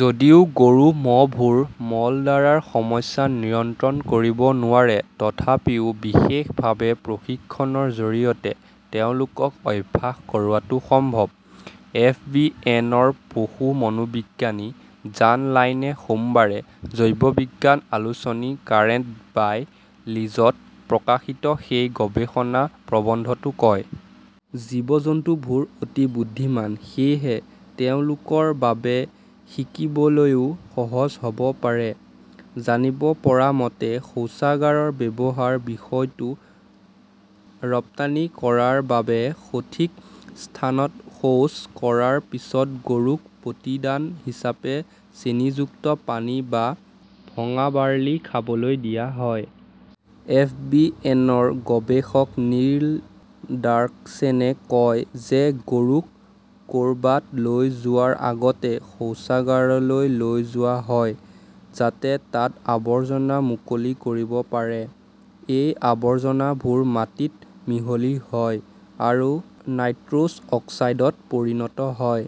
যদিও গৰু-ম'হবোৰে মলদ্বাৰৰ সমস্যা নিয়ন্ত্ৰণ কৰিব নোৱাৰে, তথাপিও বিশেষভাৱে প্ৰশিক্ষণৰ জৰিয়তে তেওঁলোকক অভ্যাস কৰোৱাটো সম্ভৱ ", এফ. বি. এন. -ৰ পশু মনোবিজ্ঞানী জান লংইনে সোমবাৰে জৈৱবিজ্ঞান আলোচনী" কাৰেণ্ট বায় "লজী" ত প্ৰকাশিত সেই গৱেষণা প্ৰবন্ধটোত কয়। জীৱ-জন্তুবোৰ অতি বুদ্ধিমান, সেয়েহে তেওঁলোকৰ বাবে শিকিবলৈও সহজ হ'ব পাৰে। "জানিব পৰা মতে, শৌচাগাৰৰ ব্যৱহাৰৰ বিষয়টো ৰপ্তানি কৰাৰ বাবে সঠিক স্থানত শৌচ কৰাৰ পিছত গৰুক প্ৰতিদান হিচাপে চেনীযুক্ত পানী বা ভঙা বাৰ্লি খাবলৈ দিয়া হয়। এফ. বি. এন. -ৰ গৱেষক নীল ডাৰ্কছেনে কয় যে গৰুক ক'ৰবাত লৈ যোৱাৰ আগতে শৌচাগাৰলৈ লৈ যোৱা হয় যাতে তাত আৱৰ্জনা মুকলি কৰিব পাৰি। এই আৱৰ্জনাবোৰ মাটিত মিহলি হয় আৰু নাইট্ৰছ অক্সাইডত পৰিণত হয়।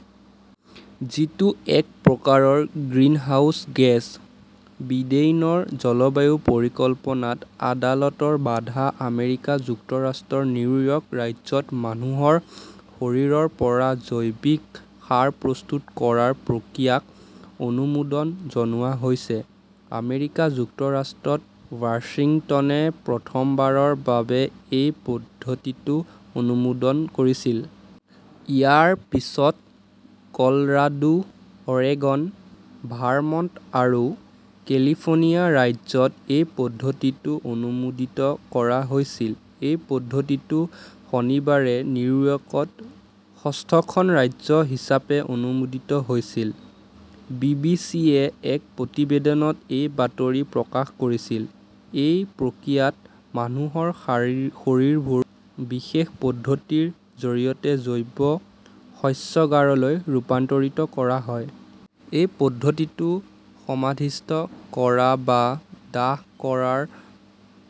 যিটো এক প্ৰকাৰৰ গ্ৰিনহাউজ গেছ। বিডেইনৰ জলবায়ু পৰিকল্পনাত আদালতৰ বাধা আমেৰিকা যুক্তৰাষ্ট্ৰৰ নিউয়ৰ্ক ৰাজ্যত মানুহৰ শৰীৰৰ পৰা জৈৱিক সাৰ প্ৰস্তুত কৰাৰ প্ৰক্ৰিয়াক অনুমোদন জনোৱা হৈছে। আমেৰিকা যুক্তৰাষ্ট্ৰত ৱাশ্বিংটনে প্ৰথমবাৰৰ বাবে এই পদ্ধতিটো অনুমোদন কৰিছিল। ইয়াৰ পিছত কলৰাডো, অৰেগন, ভাৰমণ্ট আৰু কেলিফৰ্ণিয়া ৰাজ্যত এই পদ্ধতিটো অনুমোদিত কৰা হৈছিল। এই পদ্ধতিটো শনিবাৰে নিউয়ৰ্কত ষষ্ঠখন ৰাজ্য হিচাপে অনুমোদিত হৈছিল। বি. বি. চি. -য়ে এক প্ৰতিবেদনত এই বাতৰি প্ৰকাশ কৰিছে। এই প্ৰক্ৰিয়াত, মানুহৰ শৰীৰবোৰ বিশেষ পদ্ধতিৰ জৰিয়তে জৈৱ শস্যাগাৰলৈ ৰূপান্তৰিত কৰা হয়। এই পদ্ধতিটো সমাধিস্থ কৰা বা দাহ কৰাৰ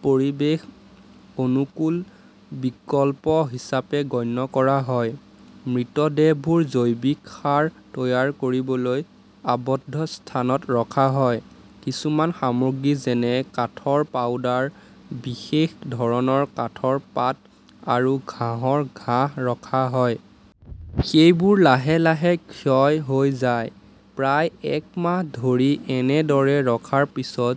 পৰিৱেশ অনুকূল বিকল্প হিচাপে গণ্য কৰা হয়। মৃতদেহবোৰ জৈৱিক সাৰ তৈয়াৰ কৰিবলৈ আবদ্ধ স্থানত ৰখা হয়। কিছুমান সামগ্ৰী যেনে কাঠৰ পাউডাৰ, বিশেষ ধৰণৰ কাঠৰ পাত আৰু ঘাঁহৰ ঘাঁহ ৰখা হয়। সেইবোৰ লাহে লাহে ক্ষয় হৈ যায়। প্ৰায় এক মাহ ধৰি এনেদৰে ৰখাৰ পিছত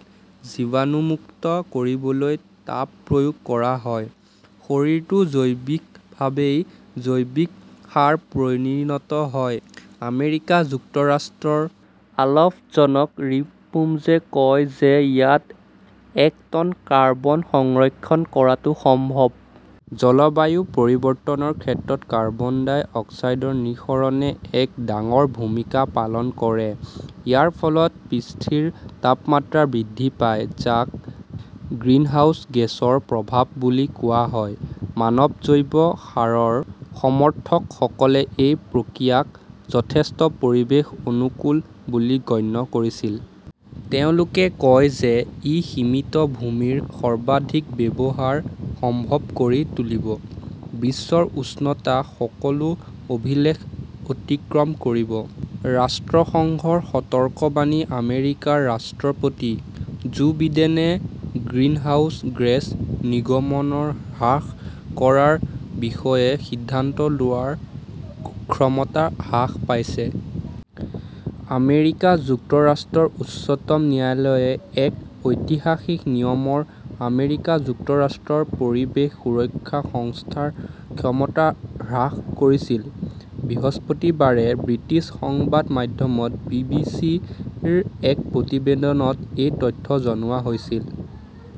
জীৱাণুমুক্ত কৰিবলৈ তাপ প্ৰয়োগ কৰা হয়। শৰীৰটো স্বাভাৱিকভাৱেই জৈৱিক চাৰত পৰিণত হয়। আমেৰিকা যুক্তৰাষ্ট্ৰৰ অলাভজনক ৰিকম্পোজে কয় যে ইয়াত এক টন কাৰ্বন সংৰক্ষণ কৰাটো সম্ভৱ। জলবায়ু পৰিৱৰ্তনৰ ক্ষেত্ৰত কাৰ্বন ডাই অক্সাইডৰ নিঃসৰণে এক ডাঙৰ ভূমিকা পালন কৰে। ইয়াৰ ফলত পৃষ্ঠৰ তাপমাত্ৰা বৃদ্ধি পায়, যাক গ্ৰিনহাউজ গেছৰ প্ৰভাৱ বুলি কোৱা হয়। মানৱ জৈৱ সাৰৰ সমৰ্থকসকলে এই প্ৰক্ৰিয়াক যথেষ্ট পৰিৱেশ অনুকূল বুলি গণ্য কৰিছিল। তেওঁলোকে কয় যে ই সীমিত ভূমিৰ সৰ্বাধিক ব্যৱহাৰ সম্ভৱ কৰি তুলিব। বিশ্বৰ উষ্ণতা সকলো অভিলেখ অতিক্ৰম কৰিব, ৰাষ্ট্ৰসংঘৰ সতৰ্কবাণী আমেৰিকাৰ ৰাষ্ট্ৰপতি জো বিডেনে গ্ৰিনহাউজ গেছ নিৰ্গমন হ্ৰাস কৰাৰ বিষয়ে সিদ্ধান্ত লোৱাৰ ক্ষমতা হ্ৰাস পাইছে। আমেৰিকা যুক্তৰাষ্ট্ৰৰ উচ্চতম ন্যায়ালয়ে এক ঐতিহাসিক নিয়মত আমেৰিকা যুক্তৰাষ্ট্ৰৰ পৰিৱেশ সুৰক্ষা সংস্থাৰ ক্ষমতা হ্ৰাস কৰিছিল। বৃহস্পতিবাৰে ব্ৰিটিছ সংবাদ মাধ্যম বি. বি. চি. -ৰ এক প্ৰতিবেদনত এই তথ্য জনোৱা হৈছিল।